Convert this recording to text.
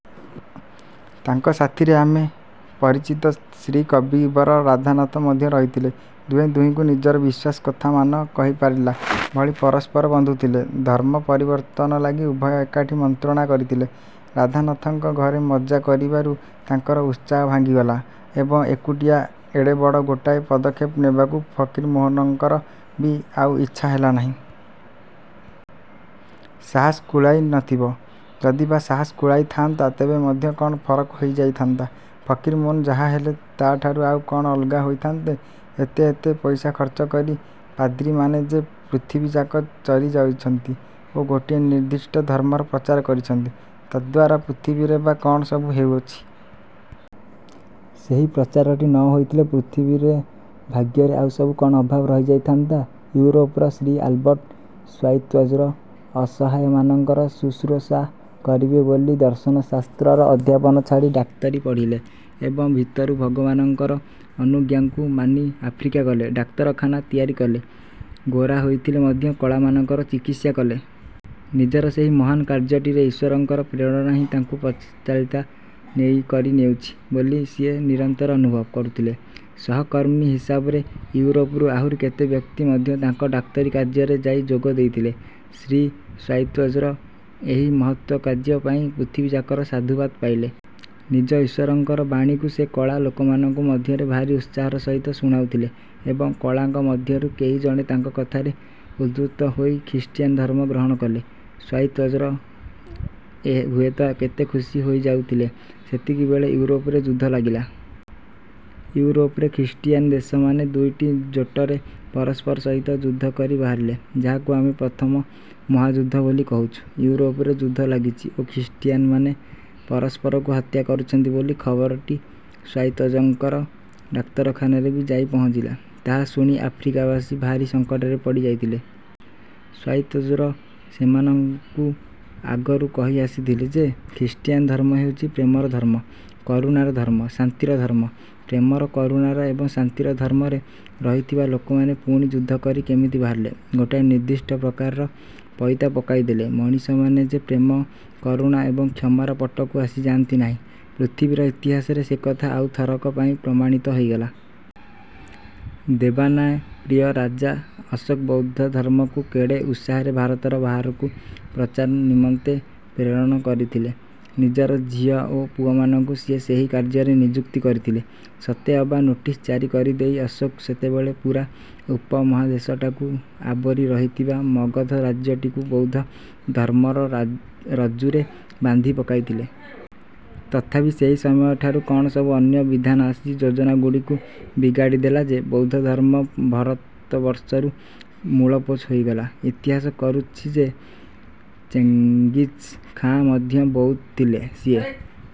ତାଙ୍କ ସାଥିରେ ଆମ ପରିଚିତ ଶ୍ରୀ କବିବର ରାଧାନାଥ ମଧ୍ୟ ରହିଥିଲେ-। ଦୁହେଁ ଦୁହିଙ୍କୁ ନିଜର ବିଶ୍ୱାସ କଥାମାନ କହିପାରିଲା ଭଳି ପରସ୍ପରର ବନ୍ଧୁଥିଲେ। ଧର୍ମ ପରିବର୍ତ୍ତନ ଲାଗି ଉଭୟ ଏକାଠି ମନ୍ତ୍ରଣା କରିଥିଲେ। ରାଧାନାଥଙ୍କ ଘରେ ମଜା କରିବାରୁ ତାଙ୍କର ଉତ୍ସାହ ଭାଙ୍ଗିଗଲା ଏବଂ ଏକୁଟିଆ ଏଡ଼େ ବଡ଼ ଗୋଟାଏ ପଦକ୍ଷେପ ନେବାକୁ ଫକୀରମୋହନଙ୍କର ବି ଆଉ ଇଚ୍ଛା ହେଲା ନାହିଁ। ସାହସ କୁଳାଇ ନଥିବ। ଯଦି ବା ସାହସ କୁଳାଇ ଥାଆନ୍ତା, ତେବେ ମଧ୍ୟ କ'ଣ ଫରକ ହୋଇ ଯାଇଥାନ୍ତା? ଫକୀରମୋହନ ଯାହାହେଲେ, ତା'ଠାରୁ ଆଉ କ'ଣ ଅଲଗା ହୋଇଥାନ୍ତେ? ଏତେ ଏତେ ପଇସା ଖର୍ଚ୍ଚ କରି ପାଦ୍ରୀମାନେ ଯେ ପୃଥିବୀଯାକ ଚରି ଯାଇଛନ୍ତି ଓ ଗୋଟିଏ ନିର୍ଦ୍ଦିଷ୍ଟ ଧର୍ମର ପ୍ରଚାର କରିଛନ୍ତି, ତଦ୍ଦ୍ୱାରା ପୃଥିବୀରେ ବା କ'ଣ ସବୁ ହେଉଛି? ସେହି ପ୍ରଚାରଟି ନ ହୋଇଥିଲେ ପୃଥିବୀର ଭାଗ୍ୟରେ ଆଉ ସବୁ କ'ଣ ଅଭାବ ରହିଯାଇଥାନ୍ତା? ଇଉରୋପର ଶ୍ରୀ ଆଲବର୍ଟ ଶ୍ୱାଇତ୍ଜର୍ ଅସହାୟମାନଙ୍କର ଶୁଶ୍ରୂଷା କରିବେ ବୋଲି ଦର୍ଶନଶାସ୍ତ୍ରର ଅଧ୍ୟାପନା ଛାଡ଼ି ଡାକ୍ତରୀ ପଢ଼ିଲେ ଏବଂ ଭିତରୁ ଭଗବାନଙ୍କର ଅନୁଜ୍ଞାକୁ ମାନି ଆଫ୍ରିକା ଗଲେ। ଡାକ୍ତରଖାନା ତିଆରି କଲେ, ଗୋରା ହୋଇଥିଲେ ମଧ୍ୟ କଳାମାନଙ୍କର ଚିକିତ୍ସା କଲେ। ନିଜର ସେହି ମହାନ୍ କାର୍ଯ୍ୟଟିରେ ଈଶ୍ଵରଙ୍କର ପ୍ରେରଣା ହିଁ ତାଙ୍କୁ ପରିଚାଳିତ କରିନେଉଛି ବୋଲି ସିଏ ନିରନ୍ତର ଅନୁଭବ। କରୁଥିଲେ। ସହକର୍ମୀ ହିସାବରେ ଇଉରୋପରୁ ଆହୁରି କେତେ ବ୍ୟକ୍ତି ମଧ୍ୟ ତାଙ୍କ ଡାକ୍ତରୀ କାର୍ଯ୍ୟରେ ଯାଇ ଯୋଗ ଦେଇଥିଲେ। ଶ୍ରୀ ଶ୍ୱାଇତ୍ଜର୍ ଏହି ମହତ୍ କାର୍ଯ୍ୟ ପାଇଁ ପୃଥିବୀଯାକର ସାଧୁବାଦ ପାଇଲେ। ନିଜ ଈଶ୍ୱରଙ୍କର ବାଣୀକୁ ସେ କଳା ଲୋକମାନଙ୍କୁ ମଧ୍ୟ ଭାରି ଉତ୍ସାହର ସହିତ ଶୁଣାଉଥିଲେ ଏବଂ କଳାଙ୍କ ମଧ୍ୟରୁ କେହି ଜଣେ ତାଙ୍କ କଥାରେ ଉଦ୍ବୁଦ୍ଧ ହୋଇ ଖ୍ରୀଷ୍ଟିଆନ ଧର୍ମ ଗ୍ରହଣ କଲେ ଶ୍ୱାଇତ୍ଜର୍ ହୁଏତ କେତେ ଖୁସି ହୋଇ ଯାଉଥିଲେ। ସେତିକିବେଳେ ଇଉରୋପରେ ଯୁଦ୍ଧ ଲାଗିଲା। ଇଉରୋପରେ ଖ୍ରୀଷ୍ଟିଆନ ଦେଶମାନେ ଦୁଇଟି ଜୋଟରେ ପରସ୍ପର ସହିତ ଯୁଦ୍ଧ କରି ବାହାରିଲେ, ଯାହାକୁ ଆମେ ପ୍ରଥମ ମହାଯୁଦ୍ଧ ବୋଲି କହୁଛୁ। ଇଉରୋପରେ ଯୁଦ୍ଧ ଲାଗିଛି ଓ ଖ୍ରୀଷ୍ଟିଆନମାନେ ପରସ୍ପରକୁ ହତ୍ୟା କରୁଛନ୍ତି ବୋଲି ଖବରଟି ଶ୍ୱାଇତ୍ଜର୍ଙ୍କର ଡାକ୍ତରଖାନାରେ ବି ଯାଇ ପହଞ୍ଚିଲା। ତାହା ଶୁଣି ଆଫ୍ରିକାବାସୀ ଭାରି ସଂକଟରେ ପଡ଼ି ଯାଇଥିଲେ। ଶ୍ୱାଇତ୍ଜର୍ ସେମାନଙ୍କୁ ଆଗରୁ କହି ଆସିଥଲେ ଯେ, ଖ୍ରୀଷ୍ଟିୟାନ୍ ଧର୍ମ ହେଉଛି ପ୍ରେମର ଧର୍ମ, କରୁଣାର ଧର୍ମ, ଶାନ୍ତିର ଧର୍ମ। ପ୍ରେମର, କରୁଣାର ଏବଂ ଶାନ୍ତିର ଧର୍ମରେ ରହିଥିବା ଲୋକମାନେ ପୁଣି ଯୁଦ୍ଧ କରି କେମିତି ବାହାରିଲେ? ଗୋଟାଏ ନିର୍ଦ୍ଦିଷ୍ଟ ପ୍ରକାରର ପଇତା ପକାଇଦେଲେ ମଣିଷମାନେ ଯେ ପ୍ରେମ, କରୁଣା ଏବଂ କ୍ଷମାର ପଟକୁ ଆସିଯାଆନ୍ତି ନାହିଁ, ପୃଥିବୀର ଇତିହାସରେ ସେକଥା ଆଉଥରକ ପାଇଁ ପ୍ରମାଣିତ ହୋଇଗଲା। ଦେବାନାଂ ପ୍ରିୟ ରାଜା ଅଶୋକ ବୌଦ୍ଧ ଧର୍ମକୁ କେଡ଼େ ଉତ୍ସାହରେ ଭାରତର ବାହାରକୁ ପ୍ରଚାର ନିମନ୍ତେ ପ୍ରେରଣ କରିଥିଲେ। ନିଜର ଝିଅ ଓ ପୁଅମାନଙ୍କୁ ସିଏ ସେହି କାର୍ଯ୍ୟରେ ନିଯୁକ୍ତ କରିଥିଲେ। ସତେଅବା ନୋଟିସ୍ ଜାରି କରିଦେଇ ଅଶୋକ ସେତେବେଳେ ପୂରା ଉପମହାଦେଶଟାକୁ ଆବୋରି ରହିଥିବା ମଗଧ ରାଜ୍ୟଟିକୁ ବୌଦ୍ଧ ଧର୍ମର ରଜ୍ଜୁରେ ବାନ୍ଧି ପକାଇଥିଲେ। ତଥାପି, ସେହି ସମୟ ଠାରୁ କ'ଣ ସବୁ ଅନ୍ୟ ବିଧାନ ଆସି ଯୋଜନାଗୁଡ଼ିକୁ ବିଗାଡ଼ିଦେଲା ଯେ, ବୌଦ୍ଧଧର୍ମ ଭାରତବର୍ଷରୁ ମୂଳପୋଛ ହୋଇଗଲା। ଇତିହାସ କହୁଛି ଯେ, ଚେଙ୍ଗିଜ୍ ଖାଁ ମଧ୍ୟ ବୌଦ୍ଧ ଥିଲେ। ସିଏ